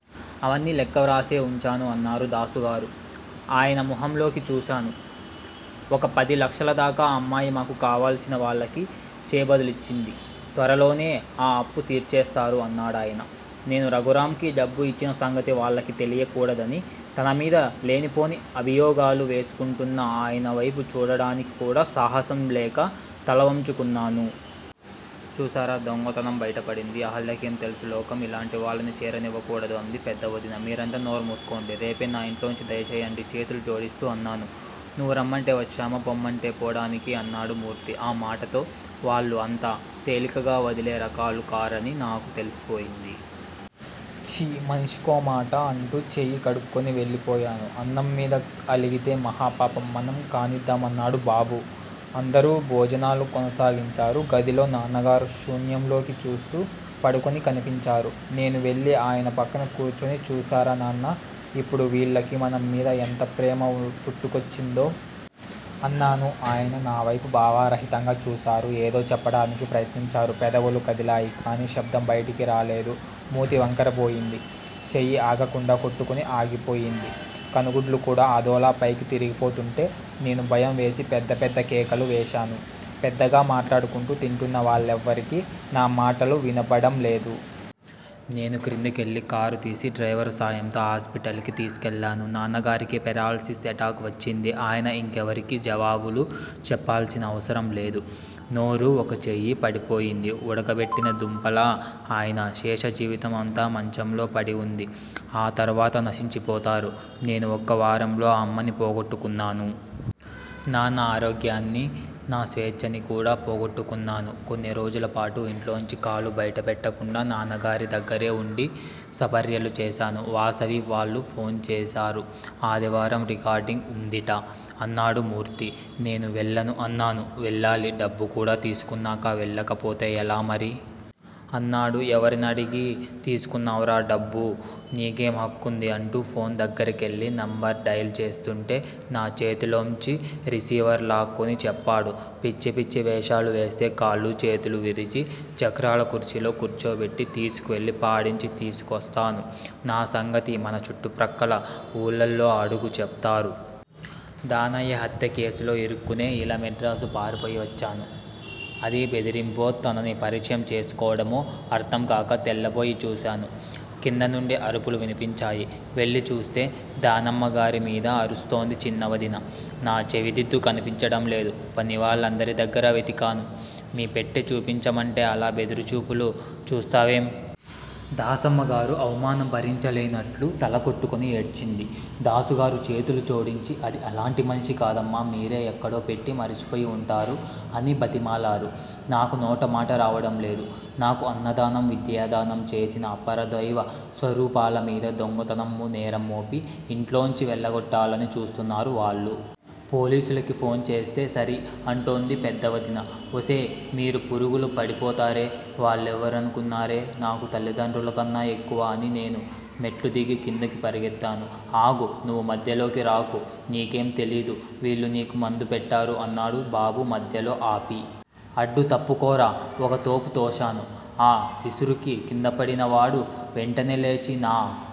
అవన్నీ లెక్క వ్రాసే వుంచాను అన్నారు దాసుగారు. ఆయన మొహంలోకి చూశాను. ఒక పది లక్షలదాకా అమ్మాయి మాకు కావలసినవాళ్ళకి చేబదులిచ్చింది. త్వరలోనే ఆ అప్పూ తీర్చేస్తారు అన్నాడాయన. నేను రఘురాంకి డబ్బు యిచ్చిన సంగతి వాళ్ళకి తెలీకూడదని తనమీద లేనిపోని అభియోగాలు వేసుకుంటున్న ఆయనవైపు చూడడానికి కూడా సాహసం లేక తలవంచుకున్నాను. చూశారా దొంగతనం బయటపడింది. అహల్యకేం తెలుసు లోకం? ఇలాంటివాళ్ళని చేరనివ్వకూడదు అంది పెద్ద వదిన. మీరంతా నోర్మూసుకోండి. రేపే నా ఇంట్లోంచి దయచెయ్యండి చేతులు జోడిస్తూ అన్నాను. నువ్వు రమ్మంటే వచ్చామా పొమ్మంటే పోడానికి? అన్నాడు మూర్తి. ఆ మాటతో వాళ్ళు అంత తేలికగా వదిలే రకాలు కారని నాకు తెలిసిపోయింది. ఛీ! మనిషికోమాట అంటూ చెయ్యి కడుక్కుని వెళ్ళిపోయాను. అన్నం మీద అలిగితే మహాపాపం మనం కానిద్దాం అన్నాడు బాబు. అందరూ భోజనాలు కొనసాగించారు. గదిలో నాన్నగారు శూన్యంలోకి చూస్తూ పడుకుని కనిపించారు. నేవెళ్ళి ఆయన పక్కన కూర్చుని చూశారా నాన్నా? ఇప్పుడు వీళ్ళకి మన మీద ఎంత ప్రేమ పుట్టుకొచ్చిందో? అన్నాను. ఆయన నావైపు భావరహితంగా చూశారు. ఏదో చెప్పడానికి ప్రయత్నించారు. పెదవులూ కదిలాయి. కానీ శబ్దం బయటికి రాలేదు. మూతి వంకరబోయింది. చెయ్యి ఆగకుండా కొట్టుకుని ఆగిపోయింది. కనుగుడ్లు కూడా అదోలా పైకి తిరిగిపోతుంటే నేను భయం వేసి పెద్ద పెద్ద కేకలు వేశాను. పెద్దగా మాట్లాడుకుంటూ తింటున్న వాళ్ళెవ్వరికీ నా మాటలు వినపడంలేదు. నేను క్రిందకెళ్ళి కారుతీసి డ్రైవరు సాయంతో హాస్పిటల్ కి తీసుకెళ్ళాను. నాన్నగారికి పెరాల్సిస్ ఎటాక్ వచ్చింది. ఆయన ఇంకెవరికీ జవాబులు చెప్పాల్సిన అవసరంలేదు. నోరూ, ఒక చెయ్యీ పడిపోయింది. ఉడకబెట్టిన దుంపలా ఆయన శేషజీవితం అంతా మంచంలో పడివుండి ఆ తర్వాత నశించిపోతారు. నేను ఒక్క వారంలో అమ్మని పోగొట్టుకున్నాను. నాన్న ఆరోగ్యాన్నీ, నా స్వేచ్చనీ కూడా పోగొట్టుకున్నాను. కొన్ని రోజులపాటు ఇంట్లోంచి కాలు బయటపెట్టకుండా నాన్నగారి దగ్గరే వుండి సపర్యలు చేశాను. వాసవి వాళ్ళు ఫోన్ చేశారు. ఆదివారం రికార్డింగ్ వుందిట అన్నాడు మూర్తి. నేను వెళ్ళను అన్నాను. వెళ్ళాలి డబ్బు కూడా తీసుకున్నాకా వెళ్ళకపోతే ఎలా మరి? అన్నాడు. ఎవరిని అడిగి తీసుకున్నావురా డబ్బు? నీకేం హక్కుంది? అంటూ ఫోన్ దగ్గరకెళ్ళి నెంబర్ డైల్ చేస్తుంటే నా చేతిలోంచి రిసీవర్ లాక్కుని చెప్పాడు. పిచ్చి పిచ్చి వేషాలువేస్తే కాళ్ళూ చేతులూ విరిచి, చక్రాల కుర్చీలో కూర్చోపెట్టి తీసుకెళ్ళి పాడించి తీసుకొస్తాను. నా సంగతి మన చుట్టుప్రక్కల వూళ్ళల్లో అడుగు చెప్తారు. దానయ్య హత్యకేసులో ఇరుక్కునే ఇలా మెడ్రాసు పారిపోయి వచ్చాను. అది బెదిరింపొ, తనని పరిచయం చేసుకోడమో అర్ధంకాక తెల్లబోయి చూశాను. కింద నుండి అరుపులు వినిపించాయి. వెళ్ళి చూస్తే దాసమ్మగారి మీద అరుస్తోంది చిన్నవదిన. నా చెవిదిద్దు కనిపించడంలేదు. పనివాళ్ళందరి దగ్గరా వెతికాను. మీ పెట్టె చూపించమంటే అలా బెదురుచూపులు చూస్తావేం? దాసమ్మగారు అవమానం భరించలేనట్లు తల కొట్టుకుని ఏడ్చింది. దాసుగారు చేతులు జోడించి అది అలాంటి మనిషి కాదమ్మా! మీరే ఎక్కడో పెట్టి మరిచిపోయి వుంటారు అని బతిమాలారు. నాకు నోటమాట రావడంలేదు. నాకు అన్నదానం, విద్యాదానం చేసిన అపరదైవ స్వరూపాలమీద దొంగతనం నేరం మోపి యింట్లోంచి వెళ్ళగొట్టాలని చూస్తున్నారు వాళ్ళు. పోలీసులకి ఫోన్ చేస్తే సరి! అంటోంది పెద్ద వదిన. ఒసేయ్ మీరు పురుగులు పడిపోతారే వాళ్ళెవరనుకున్నారే? నాకు తల్లిదండ్రులకన్నా ఎక్కువ అని నేను మెట్లుదిగి కిందకి పరిగెత్తాను. ఆగు! నువ్వు మధ్యలోకి రాకు నీకేం తెలీదు. వీళ్ళు నీకు మందు పెట్టారు అన్నాడు బాబు మధ్యలో ఆపి. అడ్డు తప్పుకోరా! ఒక్కతోపు తోశాను. ఆ విసురుకి కిందపడినవాడు వెంటనే లేచి నా